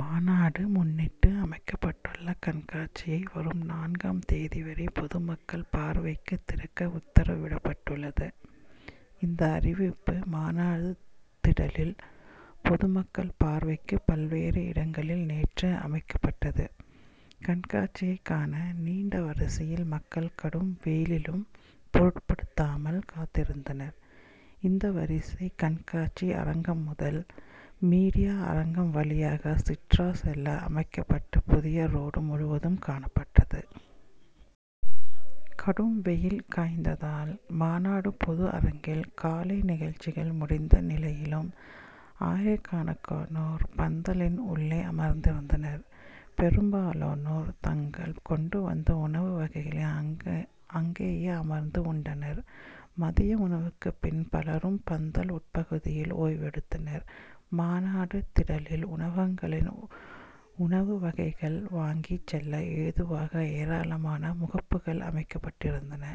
மாநாடு முன்னிட்டு அமைக்கப்பட்டுள்ள கண்காட்சியை வரும் நான்காம் தேதி வரை பொதுமக்கள் பார்வைக்குத் திறக்க உத்தரவிடப்பட்டுள்ளது. இந்த அறிவிப்பு, மாநாடு திடலில் பொதுமக்கள் பார்வைக்கு பல்வேறு இடங்களில் நேற்று அமைக்கப்பட்டது. கண்காட்சியைக் காண நீண்ட வரிசையில் மக்கள் கடும் வெயிலையும் பொருட்படுத்தாமல் காத்திருந்தனர். இந்த வரிசை, கண்காட்சி அரங்கம் முதல், மீடியா அரங்கம் வழியாக சிட்ரா' செல்ல அமைக்கப்பட்ட புதிய ரோடு முழுவதும் காணப்பட்டது. கடும் வெயில் காய்ந்ததால், மாநாடு பொது அரங்கில் காலை நிகழ்ச்சிகள் முடிந்த நிலையிலும் ஆயிரக்கணக்கானோர் பந்தலின் உள்ளே அமர்ந்திருந்தனர். பெரும்பாலானோர் தாங்கள் கொண்டு வந்த உணவு வகைகளை அங்கேயே அமர்ந்து உண்டனர். மதிய உணவுக்குப் பின் பலரும் பந்தல் உட்பகுதியில் ஓய்வெடுத்தனர். மாநாடு திடலில் உணவகங்களில் உணவு வகைகள் வாங்கிச் செல்ல ஏதுவாக ஏராளமான முகப்புகள் அமைக்கப்பட்டிருந்தன.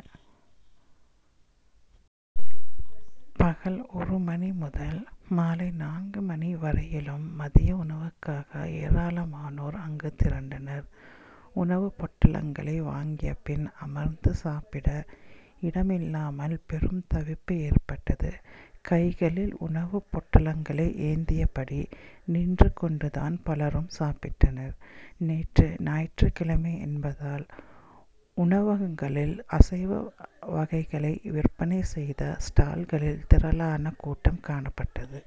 பகல் ஒரு மணி முதல் மாலை நான்கு மணி வரையிலும் மதிய உணவுக்காக ஏராளமானோர் அங்கு திரண்டனர். உணவுப் பொட்டலங்களை வாங்கிய பின் அமர்ந்து சாப்பிட இடமில்லாமல் பெரும் தவிப்பு ஏற்பட்டது. கைகளில் உணவுப் பொட்டலங்களை ஏந்தியபடி நின்று கொண்டு தான் பலரும் சாப்பிட்டனர். நேற்று ஞாயிற்றுக் கிழமை என்பதால், உணவகங்களில் அசைவ வகைகள் விற்பனை செய்த ஸ்டால்களில் திரளான கூட்டம் காணப்பட்டது.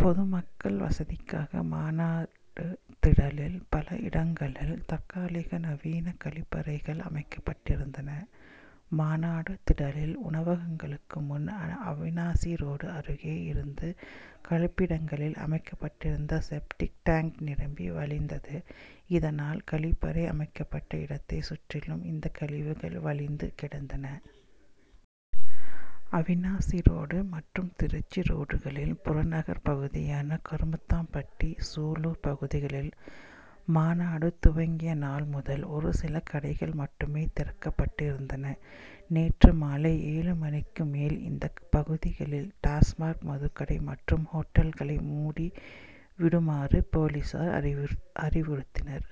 பொதுமக்கள் வசதிக்காக மாநாடு திடலில் பல இடங்களில் தற்காலிக நவீன கழிப்பறைகள் அமைக்கப்பட்டிருந்தன. மாநாடு திடலில் உணவகங்களுக்கு முன், அவிநாசி ரோடு அருகே இருந்த கழிப்பிடங்களில், அமைக்கப்பட்டிருந்த செப்டிக் டேங்க் நிரம்பி வழிந்தது. இதனால் கழிப்பறை அமைக்கப்பட்ட இடத்தைச் சுற்றிலும் இந்த கழிவுகள் வழிந்து கிடந்தது. அவிநாசி ரோடு மற்றும் திருச்சி ரோடுகளில் புறநகர் பகுதியான கருமத்தம்பட்டி, சூலூர் பகுதிகளில் மாநாடு துவங்கிய நாள் முதல் ஒரு சில கடைகள் மட்டுமே திறக்கப்பட்டிருந்தன. நேற்று மாலை ஏழு மணிக்கு மேல் இந்த பகுதிகளில் டாஸ்மாக் மதுக்கடை மற்றும் ஓட்டல்களை மூடி விடுமாறு போலீசார் அறிவுறுத்தினர்.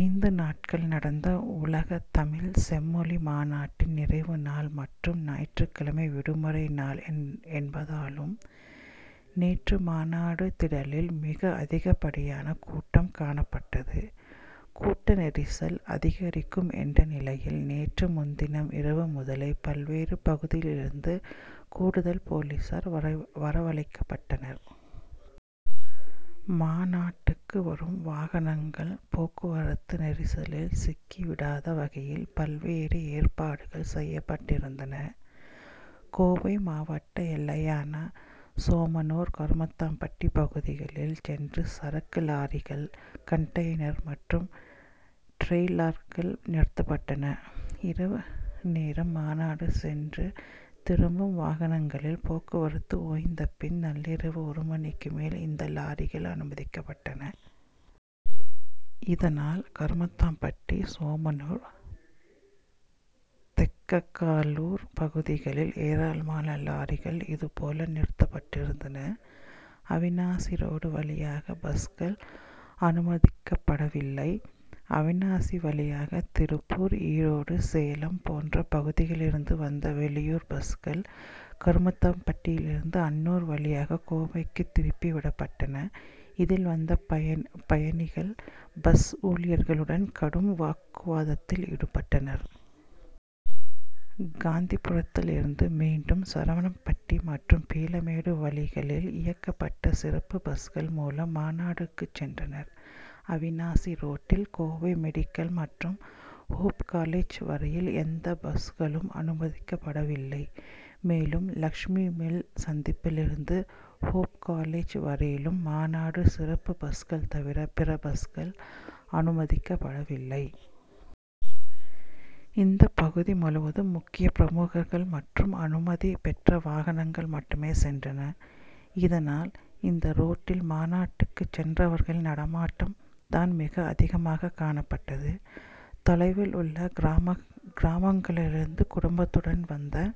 ஐந்து நாட்கள் நடந்த உலகத் தமிழ் செம்மொழி மாநாட்டின் நிறைவு நாள் மற்றும் ஞாயிற்றுக்கிழமை விடுமுறை நாள் என்பதாலும் நேற்று மாநாடு திடலில் மிக அதிகப்படியான கூட்டம் காணப்பட்டது. கூட்ட நெரிசல் அதிகரிக்கும் என்ற நிலையில் நேற்று முன்தினம் இரவு முதலே பல்வேறு பகுதிகளிலிருந்தும் கூடுதல் போலீசார் வரவழைக்கப்பட்டனர். மாநாடுக்கு வரும் வாகனங்கள் போக்குவரத்து நெரிசலில் சிக்கி விடாத வகையில் பல்வேறு ஏற்பாடுகள் செய்யப்பட்டிருந்தன. கோவை மாவட்ட எல்லையான சோமனூர், கருமத்தம்பட்டி பகுதிகளில் சென்ற சரக்கு லாரிகள், கண்டெய்னர் மற்றும் டிரெய்லர்கள் நிறுத்தப்பட்டன. இரவு நேரம் மாநாடு சென்று திரும்பும் வாகனங்களின் போக்குவரத்து ஓய்ந்த பின் நள்ளிரவு ஒரு மணிக்கு மேல் இந்த லாரிகள் அனுமதிக்கப்பட்டன. இதனால், கருமத்தம்பட்டி, சோமனூர், தெக்கலூர் பகுதிகளில் ஏராளமான லாரிகள் இது போல நிறுத்தப்பட்டிருந்தன. அவிநாசி ரோடு வழியாக பஸ்கள் அனுமதிக்கப்படவில்லை. அவிநாசி வழியாக திருப்பூர், ஈரோடு, சேலம் போன்ற பகுதிகளிலிருந்து வந்த வெளியூர் பஸ்கள் கருமத்தம்பட்டியிலிருந்து அன்னூர் வழியாக கோவைக்கு திருப்பி விடப்பட்டன. இதில் வந்த பயணிகள் பஸ் ஊழியர்களுடன் கடும் வாக்குவாதத்தில் ஈடுபட்டனர். காந்திபுரத்திலிருந்து மீண்டும் சரவணம்பட்டி மற்றும் பீளமேடு வழிகளில் இயக்கப்பட்ட சிறப்பு பஸ்கள் மூலம் மாநாடுக்குச் சென்றனர். அவிநாசி ரோட்டில் கோவை மெடிக்கல் மற்றும் ஹோப் காலேஜ் வரையில் எந்த பஸ்களும் அனுமதிக்கப்படவில்லை. மேலும், லட்சுமி மில் சந்திப்பிலிருந்து ஹோப் காலேஜ் வரையிலும் மாநாடு சிறப்பு பஸ்கள் தவிர பிற பஸ்கள் அனுமதிக்கப்படவில்லை. இந்த பகுதி முழுவதும் முக்கிய பிரமுகர்கள் மற்றும் அனுமதி பெற்ற வாகனங்கள் மட்டுமே சென்றன. இதனால், இந்த ரோட்டில் மாநாட்டுக்குச் சென்றவர்களின் நடமாட்டம் தான் மிக அதிகமாக காணப்பட்டது. தொலைவிலுள்ள கிராமங்களிலிருந்து குடும்பத்துடன் வந்த